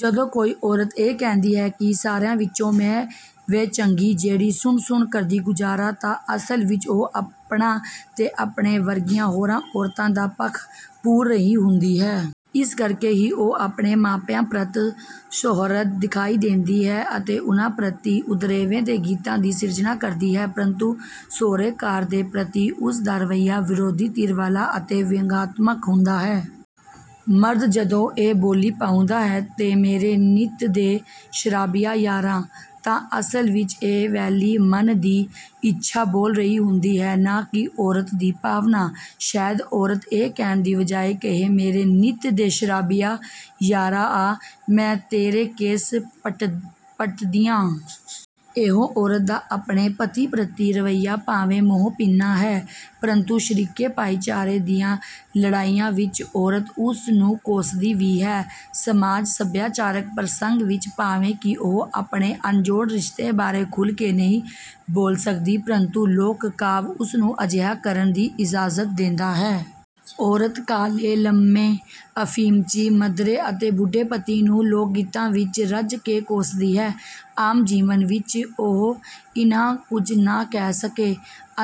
ਜਦੋਂ ਕੋਈ ਔਰਤ ਇਹ ਕਹਿੰਦੀ ਹੈ ਕਿ ਸਾਰਿਆਂ ਵਿੱਚੋਂ ਮੈਂ ਵੇ ਚੰਗੀ ਜਿਹੜੀ ਸੁਣ ਸੁਣ ਕਰਦੀ ਗੁਜਾਰਾ ਤਾਂ ਅਸਲ ਵਿੱਚ ਉਹ ਆਪਣਾ ਅਤੇ ਆਪਣੇ ਵਰਗੀਆਂ ਹੋਰ ਔਰਤਾਂ ਦਾ ਪੱਖ ਪੂਰ ਰਹੀ ਹੁੰਦੀ ਹੈ। ਇਸੇ ਕਰਕੇ ਹੀ ਉਹ ਆਪਣੇ ਮਾਪਿਆਂ ਪ੍ਰਤਿ ਸੁਹਿਰਦ ਦਿਖਾਈ ਦਿੰਦੀ ਹੈ ਅਤੇ ਉਨ੍ਹਾਂ ਪ੍ਰਤਿ ਉਦਰੇਵੇਂ ਦੇ ਗੀਤਾਂ ਦੀ ਸਿਰਜਣਾ ਕਰਦੀ ਹੈ ਪਰੰਤੂ ਸਹੁਰੇ ਘਰ ਦੇ ਪ੍ਰਤੀ ਉਸ ਦਾ ਰਵੱਈਆ ਵਿਰੋਧੀ ਧਿਰ ਵਾਲਾ ਅਤੇ ਵਿਅੰਗਆਤਮਕ ਹੁੰਦਾ ਹੈ। ਮਰਦ ਜਦੋਂ ਇਹ ਬੋਲੀ ਪਾਉਂਦਾ ਹੈ ਮੇਰੇ ਨਿੱਤ ਦੇ ਸ਼ਰਾਬੀਆ ਯਾਰਾ। ਤਾਂ ਅਸਲ ਵਿੱਚ ਇਹ ਵੈਲੀ ਮਨ ਦੀ ਇੱਛਾ ਬੋਲ ਰਹੀ ਹੁੰਦੀ ਹੈ ਨਾ ਕਿ ਔਰਤ ਦੀ ਭਾਵਨਾ। ਸ਼ਾਇਦ ਔਰਤ ਇਹ ਕਹਿਣ ਦੀ ਬਜਾਏ ਕਹੇ ਮੇਰੇ ਨਿੱਤ ਦੇ ਸ਼ਰਾਬੀਆ ਯਾਰਾ ਆ ਮੈਂ ਤੇਰੇ ਕੇਸ ਪੱਟਦਿਆ। ਇਉਂ ਔਰਤ ਦਾ ਆਪਣੇ ਪਤੀ ਪ੍ਰਤੀ ਰਵੱਈਆ ਭਾਵੇਂ ਮੋਹ-ਭਿੰਨਾ ਹੈ ਪ੍ਰੰਤੂ ਸ਼ਰੀਕੇ ਭਾਈਚਾਰੇ ਦੀਆਂ ਲੜਾਈਆਂ ਵਿੱਚ ਔਰਤ ਉਸ ਨੂੰ ਕੋਸਦੀ ਵੀ ਹੈ। ਸਮਾਜ ਸਭਿਆਚਾਰਕ ਪ੍ਰਸੰਗ ਵਿੱਚ ਭਾਵੇਂ ਕਿ ਉਹ ਆਪਣੇ ਅਨਜੋੜ ਰਿਸ਼ਤੇ ਬਾਰੇ ਖੁੱਲ੍ਹ ਕੇ ਨਹੀਂ ਬੋਲ ਸਕਦੀ ਪ੍ਰੰਤੂ ਲੋਕ ਕਾਵਿ ਉਸ ਨੂੰ ਅਜਿਹਾ ਕਰਨ ਦੀ ਇਜਾਜ਼ਤ ਦਿੰਦਾ ਹੈ। ਔਰਤ ਕਾਲ਼ੇ, ਲੰਮੇ, ਅਫ਼ੀਮਚੀ, ਮਧਰੇ ਅਤੇ ਬੁੱਢੇ ਪਤੀ ਨੂੰ ਲੋਕ ਗੀਤਾਂ ਵਿੱਚ ਰੱਜ ਕੇ ਕੋਸਦੀ ਹੈ। ਆਮ ਜੀਵਨ ਵਿੱਚ ਉਹ ਇੰਨਾਂ ਕੁਝ ਨਾ ਕਹਿ ਸਕੇ।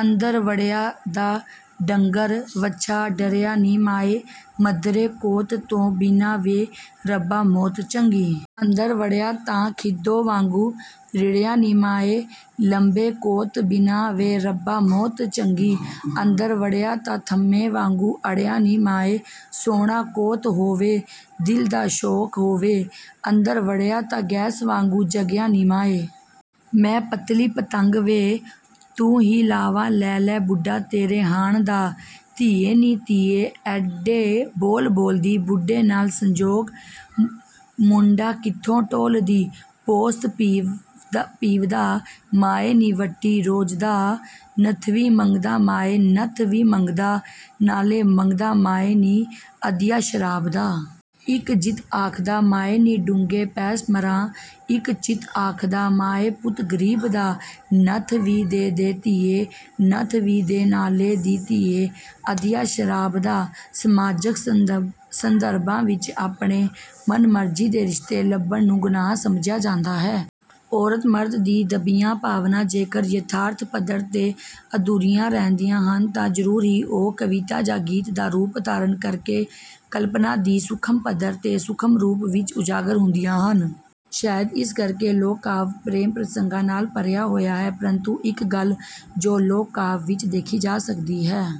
ਅੰਦਰ ਵੜਿਆ ਤਾਂ ਡੰਗਰ ਵੱਛਾ ਡਰਿਆ ਨੀ ਮਾਏ ਮਧਰੇ ਕੌਤ ਤੋਂ ਬਿਨਾ ਵੇ ਰੱਬਾ ਮੌਤ ਚੰਗੀ। ਅੰਦਰ ਵੜਿਆ ਤਾਂ ਖਿੱਦੋ ਵਾਗੂੰ ਰਿੜ੍ਹਿਆ ਨੀ ਮਾਏ ਲੰਬੇ ਕੌਂਤ ਬਿਨਾਂ ਵੇ ਰੱਬਾ ਮੌਤ ਚੰਗੀ। ਅੰਦਰ ਵੜਿਆ ਤਾਂ ਥੰਮੇ ਵਾਗੂੰ ਅੜਿਆ ਨੀ ਮਾਏ। ਸੋਹਣਾ ਕੌਤ ਹੋਵੇ ਦਿਲ ਦਾ ਸੌਕ ਹੋਵੇ। ਅੰਦਰ ਵੜਿਆ ਤਾ ਗੈਸ ਵਾਗੂੰ ਜਗਿਆ ਨੀ ਮਾਏ। ਮੈਂ ਪਤਲੀ ਪਤੰਗ ਵੇ। ਤੂੰ ਹੀ ਲਾਵਾਂ ਲੈ ਲੈ ਬੁੱਢਾ ਤੇਰੇ ਹਾਣ ਦਾ। ਧੀਏ ਨੀ ਧੀਏ ਐੱਡੇ ਬੋਲ ਬੋਲਦੀ ਬੁੱਢੇ ਨਾਲ਼ ਸੰਜੋਗ ਮੂੰਡਾ ਕਿੱਥੋਂ ਟੋਲਦੀ। ਪੋਸਤ ਪੀਵਦਾ ਮਾਏ ਨੀ ਵੱਟੀ ਰੋਜ ਦਾ। ਨੱਥਵੀ ਮੰਗਦਾ ਮਾਏ ਨੱਥ ਵੀ ਮੰਗਦਾ, ਨਾਲੇ ਮੰਗਦਾ ਮਾਏ ਨੀ ਅਧੀਆ ਸ਼ਰਾਬ ਦਾ। ਇੱਕ ਚਿਤ ਆਖਦਾ ਮਾਏ ਨੀ ਡੂੰਘੇ ਪੈ ਮਰਾਂ। ਇੱਕ ਚਿਤ ਆਖਦਾ ਮਾਏ ਪੁੱਤ ਗਰੀਬ ਦਾ। ਨੱਥ ਵੀ ਦੇ ਦੇ ਧੀਏ, ਨੱਥ ਵੀ ਦੇ ਨਾਲੇ ਦੇ ਧੀਏ ਅਧੀਆ ਸ਼ਰਾਬ ਦਾ। ਸਮਾਜਿਕ ਸੰਦਰਭਾਂ ਵਿੱਚ ਆਪਣੇ ਮਨਮਰਜ਼ੀ ਦੇ ਰਿਸ਼ਤੇ ਲੱਭਣ ਨੂੰ ਗੁਨਾਹ ਸਮਝਿਆ ਜਾਂਦਾ ਹੈ। ਔਰਤ ਮਰਦ ਦੀਆਂ ਦੱਬੀਆਂ ਭਾਵਨਾਵਾਂ ਜੇਕਰ ਯਥਾਰਥ ਪੱਧਰ ਤੇ ਅਧੂਰੀਆਂ ਰਹਿੰਦੀਆਂ ਹਨ ਤਾਂ ਜ਼ਰੂਰ ਹੀ ਉਹ ਕਵਿਤਾ ਜਾਂ ਗੀਤ ਦਾ ਰੂਪ ਧਾਰਨ ਕਰਕੇ ਕਲਪਨਾ ਦੀ ਸੂਖਮ ਪੱਧਰ ਤੇ ਸੂਖਮ ਰੂਪ ਵਿੱਚ ਉਜਾਗਰ ਹੁੰਦੀਆਂ ਹਨ। ਸ਼ਾਇਦ ਇਸੇ ਕਰਕੇ ਲੋਕ-ਕਾਵਿ ਪ੍ਰੇਮ ਪ੍ਰਸੰਗਾਂ ਨਾਲ ਭਰਿਆ ਹੋਇਆ ਹੈ ਪਰੰਤੂ ਇੱਕ ਗੱਲ ਜੋ ਲੋਕ ਕਾਵਿ ਵਿੱਚ ਦੇਖੀ ਜਾ ਸਕਦੀ ਹੈ।